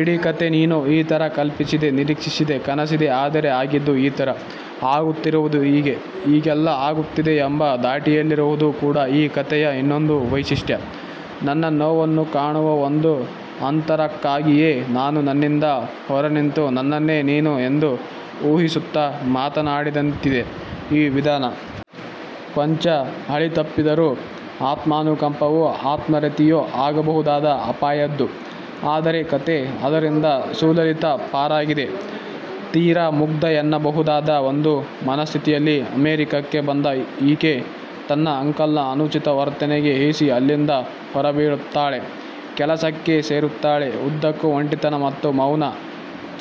ಇಡೀ ಕತೆ ನೀನು ಈ ತರ ಕಲ್ಪಿಸಿದೆ, ನಿರೀಕ್ಷಿಸಿದೆ, ಕನಸಿದೆ ಆದರೆ ಆಗಿದ್ದು ಈ ತರ, ಆಗುತ್ತಿರುವುದು ಹೀಗೆ, ಹೀಗೆಲ್ಲ ಆಗುತ್ತಿದೆ ಎಂಬ ಧಾಟಿಯಲ್ಲಿರುವುದು ಕೂಡ ಈ ಕಥೆಯ ಇನ್ನೊಂದು ವೈಶಿಷ್ಟ್ಯ. ನನ್ನ ನೋವನ್ನು ಕಾಣುವ ಒಂದು ಅಂತರಕ್ಕಾಗಿಯೇ ನಾನು ನನ್ನಿಂದ ಹೊರನಿಂತು ನನ್ನನ್ನೇ ನೀನು ಎಂದು ಊಹಿಸುತ್ತ ಮಾತನಾಡಿದಂತಿದೆ ಈ ವಿಧಾನ. ಕೊಂಚ ಹಳಿತಪ್ಪಿದರೂ ಆತ್ಮಾನುಕಂಪವೋ, ಆತ್ಮರತಿಯೋ ಆಗಬಹುದಾದ ಅಪಾಯದ್ದು. ಆದರೆ ಕತೆ ಅದರಿಂದ ಸುಲಲಿತ ಪಾರಾಗಿದೆ. ತೀರ ಮುಗ್ಧ ಎನ್ನಬಹುದಾದ ಒಂದು ಮನಸ್ಥಿತಿಯಲ್ಲಿ ಅಮೆರಿಕಕ್ಕೆ ಬಂದ ಈಕೆ ತನ್ನ ಅಂಕಲ್ನ ಅನುಚಿತ ವರ್ತನೆಗೆ ಹೇಸಿ ಅಲ್ಲಿಂದ ಹೊರಬೀಳುತ್ತಾಳೆ. ಕೆಲಸಕ್ಕೆ ಸೇರುತ್ತಾಳೆ. ಉದ್ದಕ್ಕೂ ಒಂಟಿತನ ಮತ್ತು ಮೌನ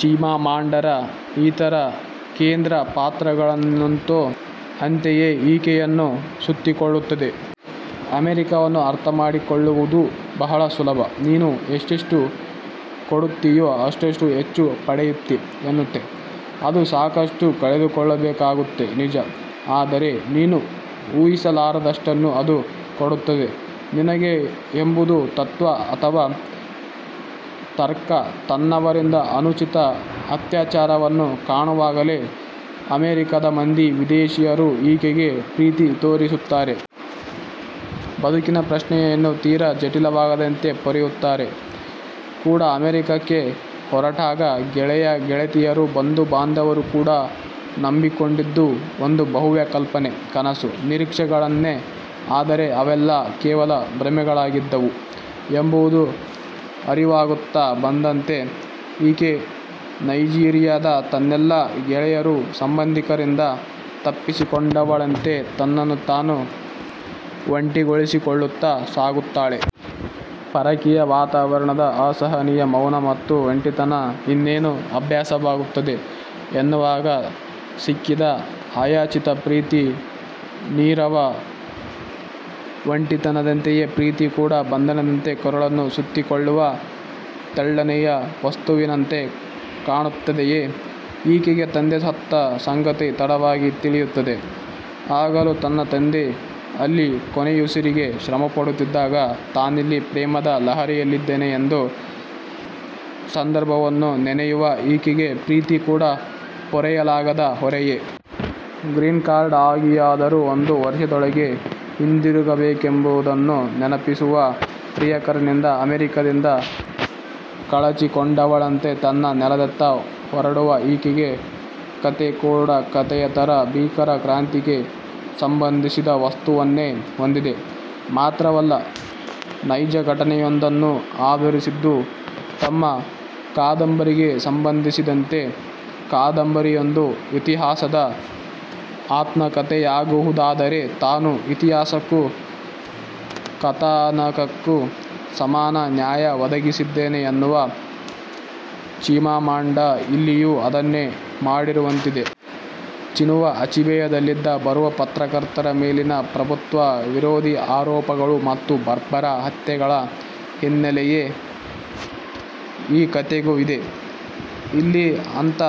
ಚಿಮಾಮಾಂಡರ ಇತರ ಕೇಂದ್ರ ಪಾತ್ರಗಳನ್ನೆಂತೋ ಅಂತೆಯೇ ಈಕೆಯನ್ನೂ ಸುತ್ತಿಕೊಳ್ಳುತ್ತದೆ. 'ಅಮೆರಿಕವನ್ನು ಅರ್ಥಮಾಡಿಕೊಳ್ಳುವುದು ಬಹಳ ಸುಲಭ! ನೀನು ಎಷ್ಟೆಷ್ಟು ಕೊಡುತ್ತೀಯೋ ಅಷ್ಟಷ್ಟು ಹೆಚ್ಚು ಪಡೆಯುತ್ತೀ ಎನ್ನುತ್ತೆ ಅದು ಸಾಕಷ್ಟು ಕಳೆದುಕೊಳ್ಳಬೇಕಾಗುತ್ತೆ ನಿಜ. ಆದರೆ ನೀನು ಊಹಿಸಲಾರದಷ್ಟನ್ನು ಅದು ಕೊಡುತ್ತದೆ ನಿನಗೆ ಎಂಬುದು ತತ್ವ. ಅಥವಾ ತರ್ಕ ತನ್ನವರಿಂದ ಅನುಚಿತ ಅತ್ಯಾಚಾರವನ್ನು ಕಾಣುವಾಗಲೇ ಅಮೆರಿಕದ ಮಂದಿ ವಿದೇಶೀಯರು ಈಕೆಗೆ ಪ್ರೀತಿ ತೋರಿಸುತ್ತಾರೆ. ಬದುಕಿನ ಪ್ರಶ್ನೆಯನ್ನು ತೀರ ಜಟಿಲವಾಗದಂತೆ ಪೊರೆಯುತ್ತಾರೆ ಕೂಡ ಅಮೆರಿಕಕ್ಕೆ ಹೊರಟಾಗ ಗೆಳೆಯ ಗೆಳತಿಯರು, ಬಂಧು ಬಾಂಧವರು ಕೂಡ ನಂಬಿಕೊಂಡಿದ್ದು ಒಂದು ಭವ್ಯ ಕಲ್ಪನೆ, ಕನಸು, ನಿರೀಕ್ಷೆಗಳನ್ನೇ ಆದರೆ ಅವೆಲ್ಲ ಕೇವಲ ಭ್ರಮೆಗಳಾಗಿದ್ದವು ಎಂಬುದು ಅರಿವಾಗುತ್ತ ಬಂದಂತೆ ಈಕೆ ನೈಜೀರಿಯಾದ ತನ್ನೆಲ್ಲಾ ಗೆಳೆಯರು-ಸಂಬಂಧಿಕರಿಂದ ತಪ್ಪಿಸಿಕೊಂಡವಳಂತೆ ತನ್ನನ್ನು ತಾನು ಒಂಟಿಗೊಳಿಸಿಕೊಳ್ಳುತ್ತ ಸಾಗುತ್ತಾಳೆ. ಪರಕೀಯ ವಾತಾವರಣದ ಅಸಹನೀಯ ಮೌನ ಮತ್ತು ಒಂಟಿತನ ಇನ್ನೇನು ಅಭ್ಯಾಸವಾಗುತ್ತದೆ ಎನ್ನುವಾಗ ಸಿಕ್ಕಿದ ಅಯಾಚಿತ ಪ್ರೀತಿ. ನೀರವ ಒಂಟಿತನದಂತೆಯೇ ಪ್ರೀತಿ ಕೂಡ ಬಂಧನದಂತೆ ಕೊರಳನ್ನು ಸುತ್ತಿಕೊಳ್ಳುವ ತೆಳ್ಳನೆಯ ವಸ್ತುವಿನಂತೆ ಕಾಣುತ್ತದೆಯೆ ಈಕೆಗೆ ತಂದೆ ಸತ್ತ ಸಂಗತಿ ತಡವಾಗಿ ತಿಳಿಯುತ್ತದೆ. ಆಗಲೂ ತನ್ನ ತಂದೆ ಅಲ್ಲಿ ಕೊನೆಯುಸಿರಿಗೆ ಶ್ರಮಪಡುತ್ತಿದ್ದಾಗ ತಾನಿಲ್ಲಿ ಪ್ರೇಮದ ಲಹರಿಯಲ್ಲಿದ್ದೆನೆ ಎಂದು ಸಂದರ್ಭವನ್ನು ನೆನೆಯುವ ಈಕೆಗೆ ಪ್ರೀತಿ ಕೂಡ ಪೊರೆಯಲಾಗದ ಹೊರೆಯೇ. ಗ್ರೀನ್ಕಾರ್ಡ್ಗಾಗಿಯಾದರೂ ಒಂದು ವರ್ಷದೊಳಗೇ ಹಿಂದಿರುಗಬೇಕೆಂಬುದನ್ನು ನೆನಪಿಸುವ ಪ್ರಿಯಕರನಿಂದ ಅಮೆರಿಕದಿಂದ ಕಳಚಿಕೊಂಡವಳಂತೆ ತನ್ನ ನೆಲದತ್ತ ಹೊರಡುವ ಈಕೆಯ ಕತೆ ಕೂಡಾ ಕತೆಯ ತರ ಬೀಕರ ಕ್ರಾಂತಿಗೆ ಸಂಬಂಧಿಸಿದ ವಸ್ತುವನ್ನೇ ಹೊಂದಿದೆ ಮಾತ್ರವಲ್ಲ ನೈಜಘಟನೆಯೊಂದನ್ನು ಆಧರಿಸಿದ್ದು. ತಮ್ಮ ಕಾದಂಬರಿಗೆ ಸಂಬಂಧಿಸಿದಂತೆ 'ಕಾದಂಬರಿಯೊಂದು ಇತಿಹಾಸದ ಆತ್ಮಕಥೆಯಾಗುವುದಾದರೆ ತಾನು ಇತಿಹಾಸಕ್ಕೂ ಕಥಾನಕಕ್ಕೂ ಸಮಾನ ನ್ಯಾಯ ಒದಗಿಸಿದ್ದೇನೆ' ಎನ್ನುವ ಚಿಮಾಮಾಂಡ ಇಲ್ಲಿಯೂ ಅದನ್ನೇ ಮಾಡಿರುವಂತಿದೆ. ಚಿನುವ ಅಚೀಬೆಯದಲ್ಲಿ ಬರುವ ಪತ್ರಕರ್ತರ ಮೇಲಿನ ಪ್ರಭುತ್ವ ವಿರೋಧಿ ಆರೋಪಗಳು ಮತ್ತು ಬರ್ಬರ ಹತ್ಯೆಗಳ ಹಿನ್ನೆಲೆಯೇ ಈ ಕತೆಗೂ ಇದೆ. ಇಲ್ಲಿ ಅಂಥ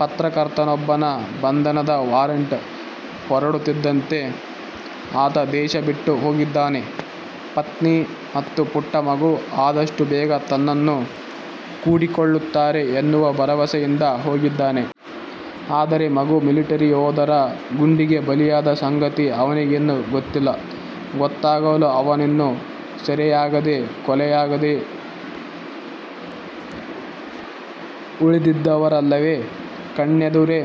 ಪತ್ರಕರ್ತನೊಬ್ಬನ ಬಂಧನದ ವಾರಂಟ್ ಹೊರಡುತ್ತಿದ್ದಂತೆ ಆತ ದೇಶ ಬಿಟ್ಟು ಹೋಗಿದ್ದಾನೆ. ಪತ್ನಿ ಮತ್ತು ಪುಟ್ಟ ಮಗು ಆದಷ್ಟು ಬೇಗ ತನ್ನನ್ನು ಕೂಡಿಕೊಳ್ಳುತ್ತಾರೆ ಎನ್ನುವ ಭರವಸೆಯಿಂದ ಹೋಗಿದ್ದಾನೆ. ಆದರೆ ಮಗು ಮಿಲಿಟರಿ ಯೋಧರ ಗುಂಡಿಗೆ ಬಲಿಯಾದ ಸಂಗತಿ ಅವನಿಗಿನ್ನೂ ಗೊತ್ತಿಲ್ಲ. ಗೊತ್ತಾಗಲು ಅವನಿನ್ನೂ ಸೆರೆಯಾಗದೆ, ಕೊಲೆಯಾಗದೆ ಉಳಿದಿದ್ದರಲ್ಲವೆ ಕಣ್ಣೆದುರೇ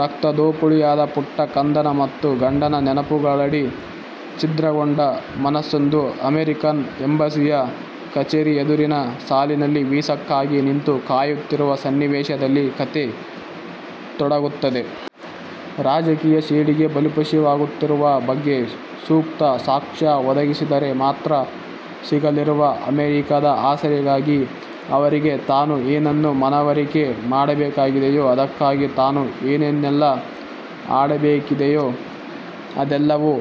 ರಕ್ತದೋಕುಳಿಯಾದ ಪುಟ್ಟ ಕಂದನ ಮತ್ತು ಗಂಡನ ನೆನಪುಗಳಡಿ ಛಿದ್ರಗೊಂಡ ಮನಸ್ಸೊಂದು ಅಮೆರಿಕನ್ ಎಂಬಸಿಯ ಕಛೇರಿ ಎದುರಿನ ಸಾಲಿನಲ್ಲಿ ವೀಸಾಕ್ಕಾಗಿ ನಿಂತು ಕಾಯುತ್ತಿರುವ ಸನ್ನಿವೇಶದಲ್ಲಿ ಕತೆ ತೊಡಗುತ್ತದೆ. ರಾಜಕೀಯ ಸೇಡಿಗೆ ಬಲಿಪಶುವಾಗುತ್ತಿರುವ ಬಗ್ಗೆ ಸೂಕ್ತ ಸಾಕ್ಷ್ಯ ಒದಗಿಸಿದರೆ ಮಾತ್ರ ಸಿಗಲಿರುವ ಅಮೆರಿಕದ ಆಸರೆಗಾಗಿ ಅವರಿಗೆ ತಾನು ಏನನ್ನು ಮನವರಿಕೆ ಮಾಡಬೇಕಾಗಿದೆಯೋ, ಅದಕ್ಕಾಗಿ ತಾನು ಏನೇನೆಲ್ಲ ಆಡಬೇಕಿದೆಯೋ ಅದೆಲ್ಲವೂ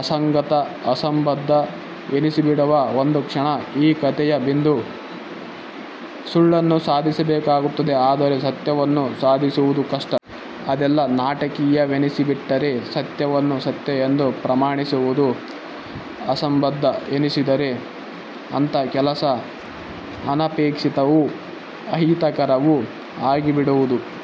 ಅಸಂಗತ, ಅಸಂಬದ್ಧ ಎನಿಸಿಬಿಡುವ ಒಂದು ಕ್ಷಣ ಈ ಕತೆಯ ಬಿಂದು. ಸುಳ್ಳನ್ನು ಸಾಧಿಸಬೇಕಾಗುತ್ತದೆ ಆದರೆ ಸತ್ಯವನ್ನು ಸಾಧಿಸುವುದು ಕಷ್ಟ. ಅದೆಲ್ಲ ನಾಟಕೀಯವೆನಿಸಿಬಿಟ್ಟರೆ ಸತ್ಯವನ್ನು ಸತ್ಯ ಎಂದು ಪ್ರಮಾಣಿಸುವುದು ಅಸಂಬದ್ಧ ಎನಿಸಿದರೆ ಅಂಥ ಕೆಲಸ ಅನಪೇಕ್ಷಿತವೂ ಅಹಿತಕರವೂ ಆಗಿಬಿಡುತ್ತದೆ.